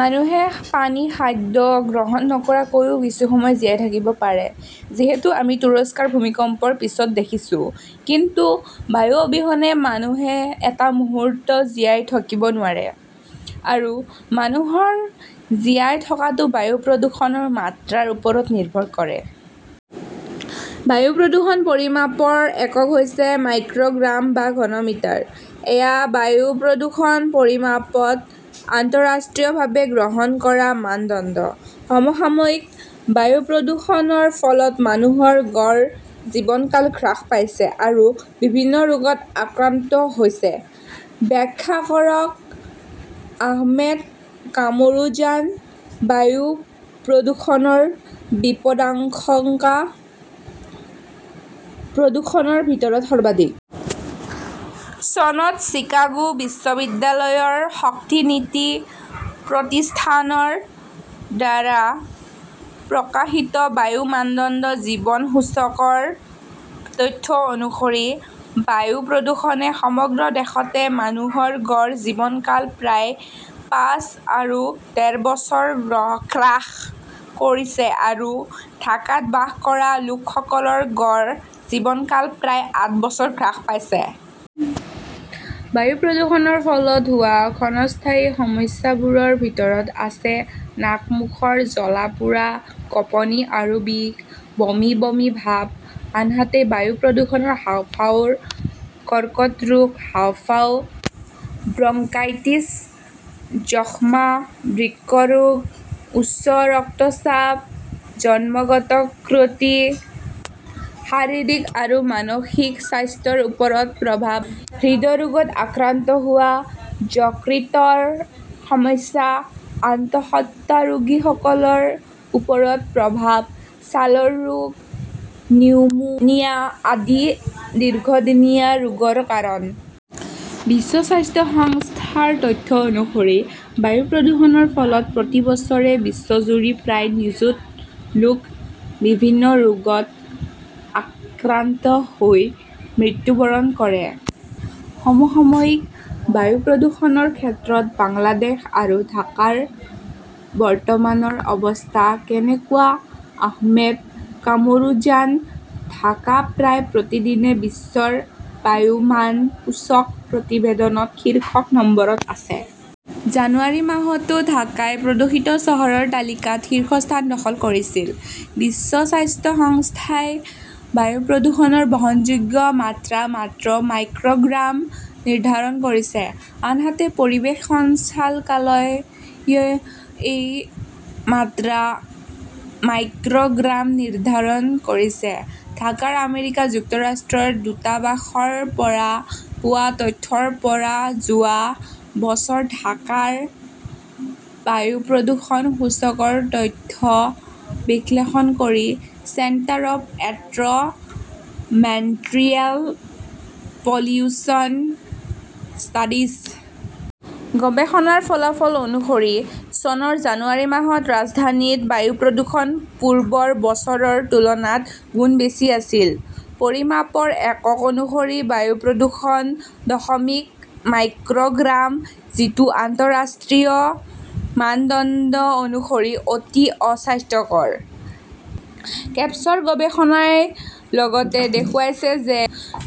মানুহে পানী-খাদ্য গ্ৰহণ নকৰাকৈও কিছু সময় জীয়াই থাকিব পাৰে। যিহেতু আমি তুৰস্কৰ ভূমিকম্পৰ পিছত দেখিছো। কিন্তু বায়ু অবিহনে মানুহে এটা মুহূৰ্ত জীয়াই থাকিব নোৱাৰে। আৰু মানুহৰ জীয়াই থকাটো বায়ু প্ৰদূষণৰ মাত্ৰাৰ ওপৰত নিৰ্ভৰ কৰে। বায়ু প্ৰদূষণ পৰিমাপৰ একক হৈছে মাইক্ৰ গ্ৰাম বা ঘন মিটাৰ। এয়া বায়ু প্ৰদূষণ পৰিমাপত আন্তঃৰাষ্ট্ৰীয়ভাৱে গ্ৰহণ কৰা মানদণ্ড। সমসাময়িকঃ বায়ু প্ৰদূষণৰ ফলত মানুহৰ গড় জীৱনকাল হ্ৰাস পাইছে আৰু বিভিন্ন ৰোগত আক্ৰান্ত হৈছে-ব্যাখ্যা কৰক আহমেদ কামৰুজানঃ বায়ু প্ৰদূষণৰ বিপদাংশংকা প্ৰদূষণৰ ভিতৰত সৰ্বাধিক। চনত চিকাগো বিশ্ববিদ্যালয়ৰ শক্তি নীতি প্ৰতিষ্ঠানৰ দ্বাৰা প্ৰকাশিত বায়ু মানদণ্ড জীৱন সূচকৰ তথ্য অনুসৰি, বায়ু প্ৰদূষণে সমগ্ৰ দেশতে মানুহৰ গড় জীৱনকাল প্ৰায় পাঁচ আৰু ডেৰ বছৰ হ্ৰাস কৰিছে আৰু ঢাকাত বাস কৰা লোকসকলৰ গড় জীৱনকাল প্ৰায় আঠ বছৰ হ্ৰাস পাইছে। বায়ু প্ৰদূষণৰ ফলত হোৱা ক্ষণস্থায়ী সমস্যাবোৰৰ ভিতৰত আছে নাক মুখৰ জ্বলা পোৰা, কঁপনি আৰু বিষ, বমি বমি ভাব। আনহাতে, বায়ু প্ৰদূষণ হাঁওফাঁওৰ কৰ্কট ৰোগ, হাঁওফাঁও, ব্ৰংকাইটিছ, যক্ষ্মা, বৃক্ক ৰোগ, উচ্চ ৰক্তচাপ, জন্মগত ত্ৰুটি, শাৰীৰিক আৰু মানসিক স্বাস্থ্যৰ ওপৰত প্ৰভাৱ, হৃদৰোগত আক্ৰান্ত হোৱা, যকৃতৰ সমস্যা, আন্তঃসত্ত্বাৰোগীসকলৰ ওপৰত প্ৰভাৱ, ছালৰ ৰোগ, নিউমোনিয়া আদি দীৰ্ঘদিনীয়া ৰোগৰ কাৰণ। বিশ্ব স্বাস্থ্য সংস্থাৰ তথ্য অনুসৰি, বায়ু প্ৰদূষণৰ ফলত প্ৰতি বছৰে বিশ্বজুৰি প্ৰায় নিযুত লোক বিভিন্ন ৰোগত আক্ৰান্ত হৈ মৃত্যুবৰণ কৰে। সমসাময়িকঃ বায়ু প্ৰদূষণৰ ক্ষেত্ৰত বাংলাদেশ আৰু ঢাকাৰ বৰ্তমানৰ অৱস্থা কেনেকুৱা আহমেদ কামৰুজানঃ ঢাকা প্ৰায় প্ৰতিদিনে বিশ্বৰ বায়ু মান সূচক প্ৰতিবেদনত শীৰ্ষক নম্বৰত আছে। জানুৱাৰী মাহতো ঢাকাই প্ৰদূষিত চহৰৰ তালিকাত শীৰ্ষস্থান দখল কৰিছিল। বিশ্ব স্বাস্থ্য সংস্থাই বায়ু প্ৰদূষণৰ বহনযোগ্য মাত্ৰা মাত্ৰ মাইক্ৰ গ্ৰাম নিৰ্ধাৰণ কৰিছে। আনহাতে পৰিৱেশ সঞ্চালকালয়ই এই মাত্ৰা মাইক্ৰ গ্ৰাম নিৰ্ধাৰণ কৰিছে। ঢাকাৰ আমেৰিকা যুক্তৰাষ্ট্ৰৰ দূতাবাসৰ পৰা পোৱা তথ্যৰ পৰা যোৱা বছৰ ঢাকাৰ বায়ু প্ৰদূষণ সূচকৰ তথ্য বিশ্লেষণ কৰি 'centre of environmental pollution studies. গৱেষণাৰ ফলাফল অনুসৰি, চনৰ জানুৱাৰী মাহত ৰাজধানীত বায়ু প্ৰদূষণ পূৰ্বৰ বছৰৰ তুলনাত গুণ বেছি আছিল। পৰিমাপৰ একক অনুসৰি বায়ু প্ৰদূষণ দশমিক মাইক্ৰ গ্ৰাম, যিটো আন্তঃৰাষ্ট্ৰীয় মানদণ্ড অনুসৰি অতি অস্বাস্থ্যকৰ। কেপছৰ গৱেষণাই লগতে দেখুৱাইছে যে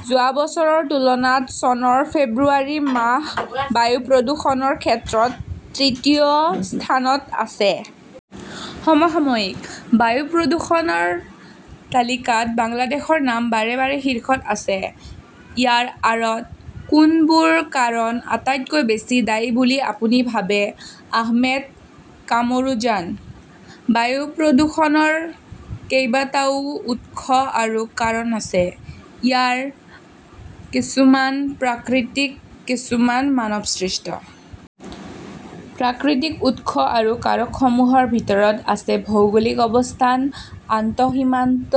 যোৱা বছৰৰ তুলনাত চনৰ ফেব্ৰুৱাৰী মাহ বায়ু প্ৰদূষণৰ ক্ষেত্ৰত তৃতীয় স্থানত আছে। সমসাময়িকঃ বায়ু প্ৰদূষণৰ তালিকাত বাংলাদেশৰ নাম বাৰে বাৰে শীৰ্ষত আছে। ইয়াৰ আঁৰত কোনবোৰ কাৰণ আটাইতকৈ বেছি দায়ী বুলি আপুনি ভাবে আহমেদ কামৰুজানঃ বায়ু প্ৰদূষণৰ কেইবাটাও উৎস আৰু কাৰণ আছে। ইয়াৰ কিছুমান প্ৰাকৃতিক, কিছুমান মানৱসৃষ্ট। প্ৰাকৃতিক উৎস আৰু কাৰকসমূহৰ ভিতৰত আছে ভৌগোলিক অৱস্থান, আন্তঃসীমান্ত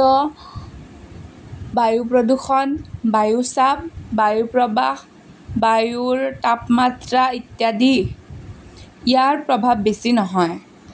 বায়ু প্ৰদূষণ, বায়ু চাপ, বায়ু প্ৰবাহ, বায়ুৰ তাপমাত্ৰা ইত্যাদি। ইয়াৰ প্ৰভাৱ বেছি নহয়।